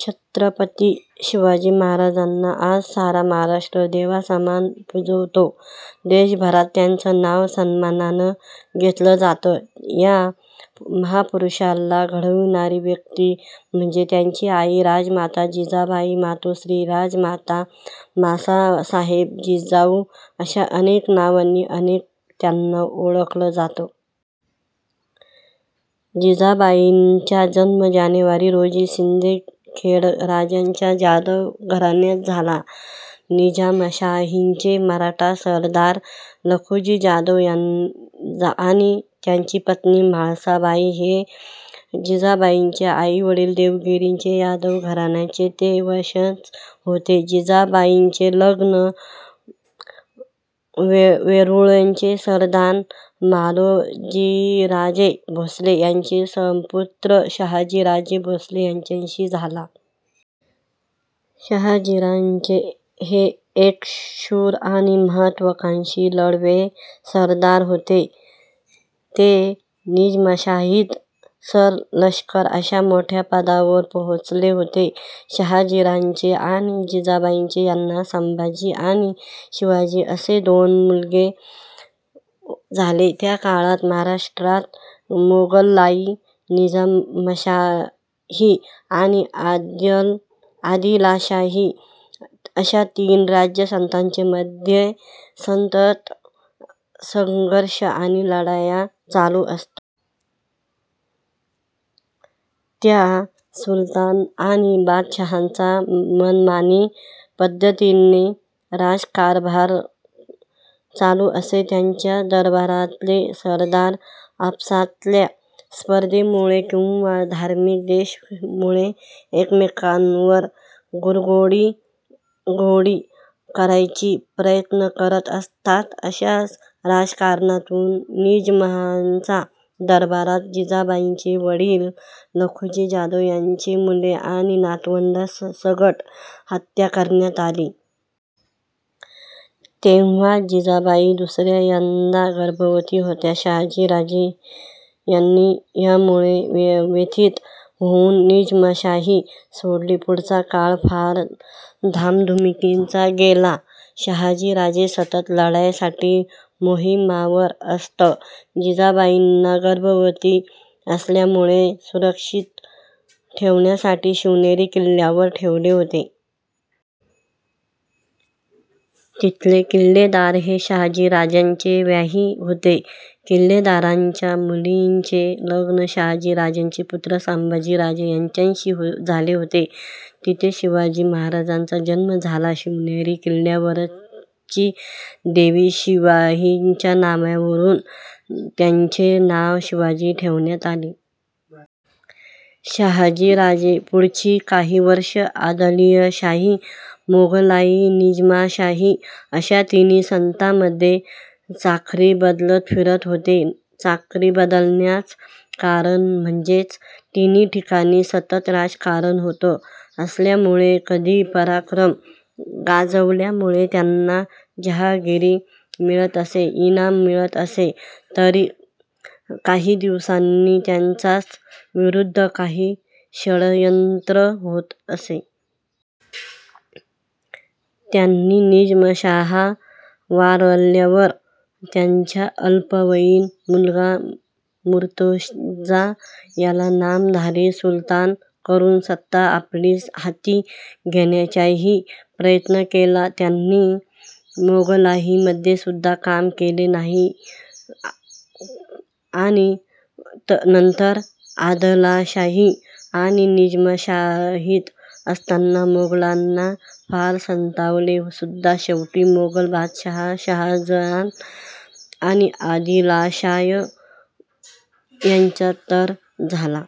छत्रपती शिवाजी महाराजांना आज सारा महाराष्ट्र देवासमान पुजतो. देशभरात त्यांचं नाव सन्मानानं घेतलं जातं. ह्या महापुरुषाला घडवणारी व्यक्ती म्हणजे त्यांची आई. राजमाता जिजाबाई. मातोश्री, राजमाता, मांसाहेब, जिजाऊ अशा अनेक नावांनी त्यांना ओळखलं जातं. जिजाबाईंचा जन्म जानेवारी रोजी सिंदखेडराजाच्या जाधव घराण्यात झाला. निजामशाहीचे मराठा सरदार लखुजी जाधव आणि त्यांची पत्नी म्हाळसाबाई हे जिजाबाईंचे आईवडील. देवगिरीच्या यादव घराण्याचे ते वंशज होते. जिजाबाईंचे लग्न वेरूळचे सरदार मालोजीराजे भोसले यांचे सुपुत्र शहाजीराजे भोसले यांच्याशी झाला. शहाजीराजे हे एक शूर आणि महत्वाकांक्षी लढवैये सरदार होते. ते निजामशाहीत सर-लष्कर अशा मोठ्या पदावर पोहोचले होते. शहाजीराजे आणि जिजाबाई यांना संभाजी आणि शिवाजी असे दोन मुलगे झाले. त्या काळात महाराष्ट्रात मोगलाई, निजामशाही आणि आदिलशाही अशा तीन राज्यसत्तांमध्ये सतत संघर्ष आणि लढाया चालु असत. त्या सुलतान आणि बादशाहांचा मनमानी पद्धतीने राज्यकारभार चालु असे. त्यांच्याच दरबारातले सरदार आपसातल्या स्पर्धेमुळे किंवा धार्मिक द्वेषामुळे एकमेकांवर कुरघोडी करायचा प्रयत्न करत असत. अशाच राजकारणातुन निजामाच्या दरबारात जिजाबाईंचे वडील लखुजी जाधव, त्यांची मुले आणि नातवंडांसकट हत्या करण्यात आली. तेव्हा जिजाबाई दुसऱ्यांदा गर्भवती होत्या. शहाजी राजे यांनी यामुळे व्यथित होऊन निजामशाही सोडली. पुढचा काळ फार धामधुमीचा गेला. शहाजी राजे सतत लढायांसाठी मोहिमांवर असत. जिजाबाईंना गर्भवती असल्यामुळे सुरक्षित ठेवण्यासाठी शिवनेरी किल्ल्यावर ठेवले होते. तिथले किल्लेदार हे शहाजी राजांचे व्याही होते. किल्लेदाराच्या मुलीचे लग्न शहाजी राजांचे पुत्र संभाजी राजे यांच्याशी झाले होते. तिथेच शिवाजी महाराजांचा जन्म झाला. शिवनेरी किल्ल्यावरची देवी शिवाईच्या नावावरून त्यांचे नाव शिवाजी ठेवण्यात आले. शहाजी राजे पुढची काही वर्षे आदिलशाही, मोगलाई, निजामशाही अशा तिन्ही सत्तांमध्ये चाकरी बदलत फिरत होते. चाकरी बदलण्याच कारण म्हणजे तिन्ही ठिकाणी सतत राजकारण होत असल्यामुळे कधी पराक्रम गाजवल्यामुळे त्यांना जहागिरी मिळत असे, इनाम मिळत असे तर काही दिवसांनी त्यांच्याच विरुद्ध काही षडयंत्र होत असे. त्यांनी निजामशहा वारल्यावर त्याचा अल्पवयीन मुलगा मुर्तझा याला नामधारी सुलतान करून सत्ता आपल्या हाती घेण्याचाही प्रयत्न केला. त्यांनी मोगलाईमध्ये सुद्धा काम केले आणि नंतर आदिलशाही आणि निजामशाहीत असताना मोगलांना फार सतावले सुद्धा शेवटी मोगल बादशाह शहाजहान आणि आदिलशाह यांच्यात तह झाला.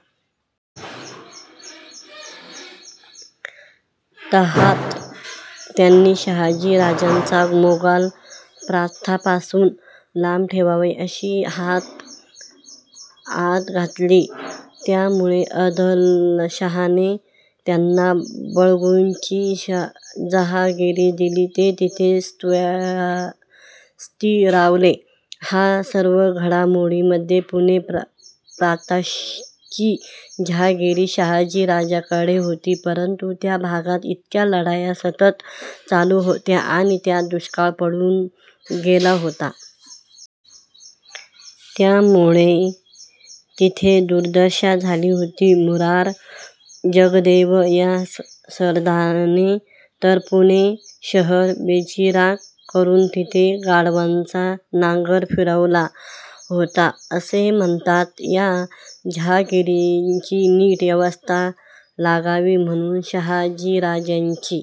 तहात त्यांनी शहाजी राजांना मोगल प्रांतापासुन लांब ठेवावे अशी आत घातली. त्यामुळे आदिलशाहने त्यांना बंगळुरूची जहागिरी दिली. ते तिथे स्थिरावले. ह्या सर्व घडामोडींमध्ये पुणे प्रांताची जहागिरी शहाजीराजांकडे होती परंतु त्या भागात इतक्या लढाया सतत चालु होत्या आणि त्यात दुष्काळ पडून गेला होता. त्यामुळे तिथे दुर्दशा झाली होती. मुरार जगदेव या सरदाराने तर पुणे शहर बेचिराख करून तिथे गाढवाचा नांगर फिरवला होता असे म्हणतात. या जहागिरीची नीट व्यवस्था लागावी म्हणून शहाजीराजांनी